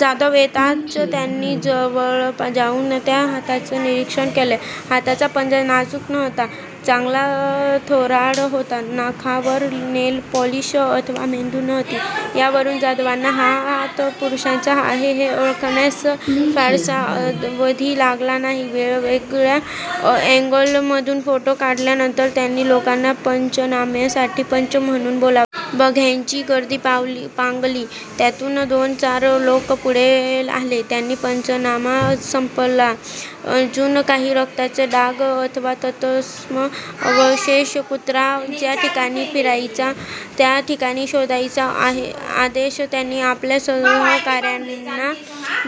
जाधव येताच त्यांनी जवळजाऊन त्या हाताचे निरीक्षण केले. हाताचा पंजा नाजुक नव्हता. चांगला थोराड होता. नखांवर नेलपॉलिश अथवा मेंदी नव्हती यावरुन जाधवांना हा हात पुरुषाचा आहे हे ओळखण्यास फारसा अवधी लागला नाही. वेगवेगळ्या ॲगल मधुन फोटो काढल्यानंतर त्यांनी लोकांना पंचनाम्यासाठी पंच म्हणुन बोलावले. बघ्यांची गर्दी पांगली. त्यातुन दोनचार लोक पुढे आले, आणि पंचनामा संपला. अजुन काही रक्ताचे डाग अथवा तत्सम अवशेष कुत्रा ज्या ठिकाणी फिरायचा त्या ठिकाणी शोधायचा आदेश त्यांनी आपल्या सहकार्यांना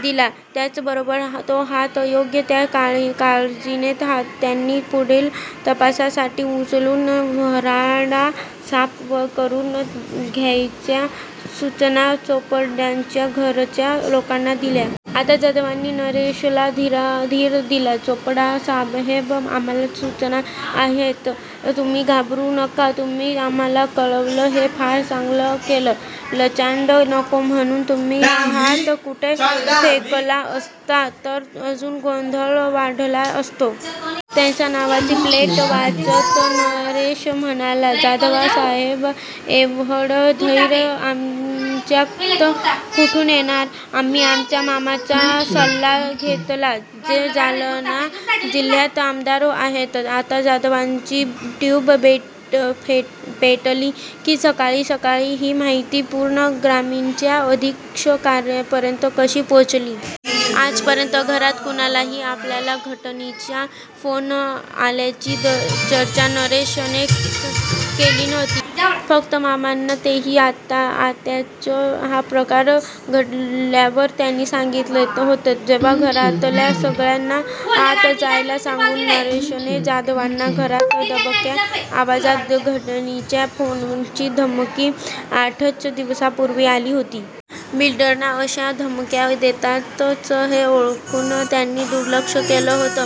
दिला. त्याच बरोबर तो हात योग्य त्या काळजीने त्यांनी पुढील तपासासाठी उचलुन व्हरांडा साफ करुन घ्यायच्या सुचना चोपडांच्या घरच्या लोकांना दिल्या. आता जाधवांनी नरेशला धीर दिला. चोपडासाहेब आम्हाला सुचना आहेत. तुम्ही घाबरु नका. तुम्ही आम्हाला कळवल हे फार चांगल केल. लचांड नको म्हणुन तुम्ही हा हात कुठे फेकला असता तर अजुन गोंधळ वाढला असता. त्यांच्या नावाची प्लेट वाचत नरेश म्हणाला जाधवसाहेब येव्हड धैर्य आमच्यात कुठुन येणार? आम्ही आमच्या मामांचा सल्ला घेतला जे जालना जिल्हयात आमदार आहेत. आत्ता जाधवांची ट्युब पेटली की सकाळी सकाळी ही माहिती पुणे ग्रामीणच्या अधिक्षकांपर्यत कशी पोचली? आजपर्यत घरात कुणालाही आपल्याला खंडणीचा फोन आल्याची चर्चा नरेशने केली नव्हती. फक्त मामांना तेही आत्ताच हा प्रकार घडल्यावर त्यांनी सांगीतले होते. जेव्हा घरातल्या सगळ्यांना आत जायला सांगुन नरेशने जाधवांना घरात दबक्या आवाजात खंडणीच्या फोनची धमकी आठच दिवसापुर्वी आली होती. बिल्डरना अश्या धमक्या येतातच हे ओळखुन त्यांनी दुर्लक्ष केल होत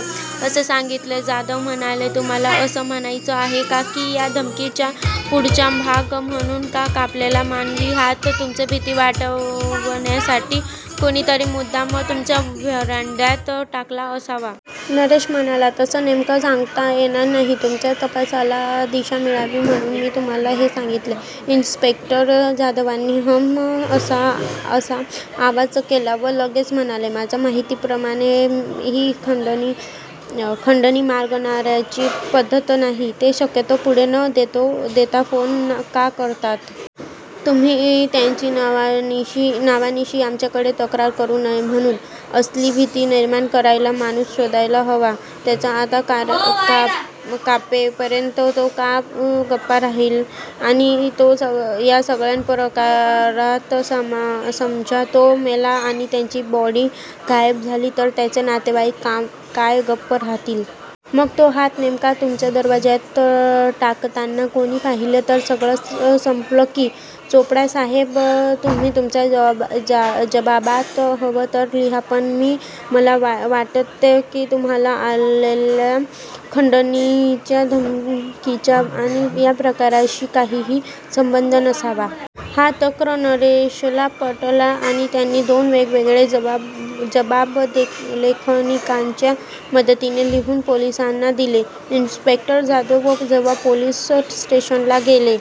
असे सांगीतले. जाधव म्हणाले तुम्हाला अस म्हणायच आहे का की या धमकीचा पुढचा भाग म्हणुन हा कापलेला मानवी हात तुमची भिती वाढवण्यासाठी कोणीतरी मुद्दाम तुमच्या व्हरांड्यात टाकला असावा? नरेश म्हणाला तस नेमक सांगता येणार नाही. तुमच्या तपासाला दिशा मिळावी म्हणुन मी तुम्हाला हे सांगीतले. इन्सपेक्टर जाधवांनी हम असा आवाज केला व लगेच म्हणाले माझ्या माहितीप्रमाणे ही खंडणी मागणार्यांची पध्दत नाही. ते शक्यतो पुढे न येता फोन का करतात? तुम्ही त्यांची नावानिशी आमच्याकडे तक्रार करु नये म्हणुन. असली भिती निर्माण करायला माणुस शोधायला हवा, त्याचा हात कापेपर्यत तो काय गप्प राहील? आणि तो या सगळ्याप्रकारात समजा तो मेला आणि त्याची बॉडी गायब झाली तर त्याचे नातेवाईक काय गप्प राहतील? मग तो हात नेमका तुमच्या दरवाज्यात टाकताना कोणी पाहिल तर सगळच संपल की. चोपडा साहेब तुम्ही तुमच्या जबाबात हव तर लिहा पण मी मला वाटते की तुम्हाला आलेल्या खंडणीच्या धमकीचा आणी या प्रकाराशी काहिही संबंध नसावा. हा तर्क नरेशला पटला आणि त्यांनी दोन वेगवेगळे जबाब लेखनिकाच्या मदतीने लिहुन पोलिसांना दिले. इन्सपेक्टर जाधव जेव्हा पोलीस स्टेशनला गेले.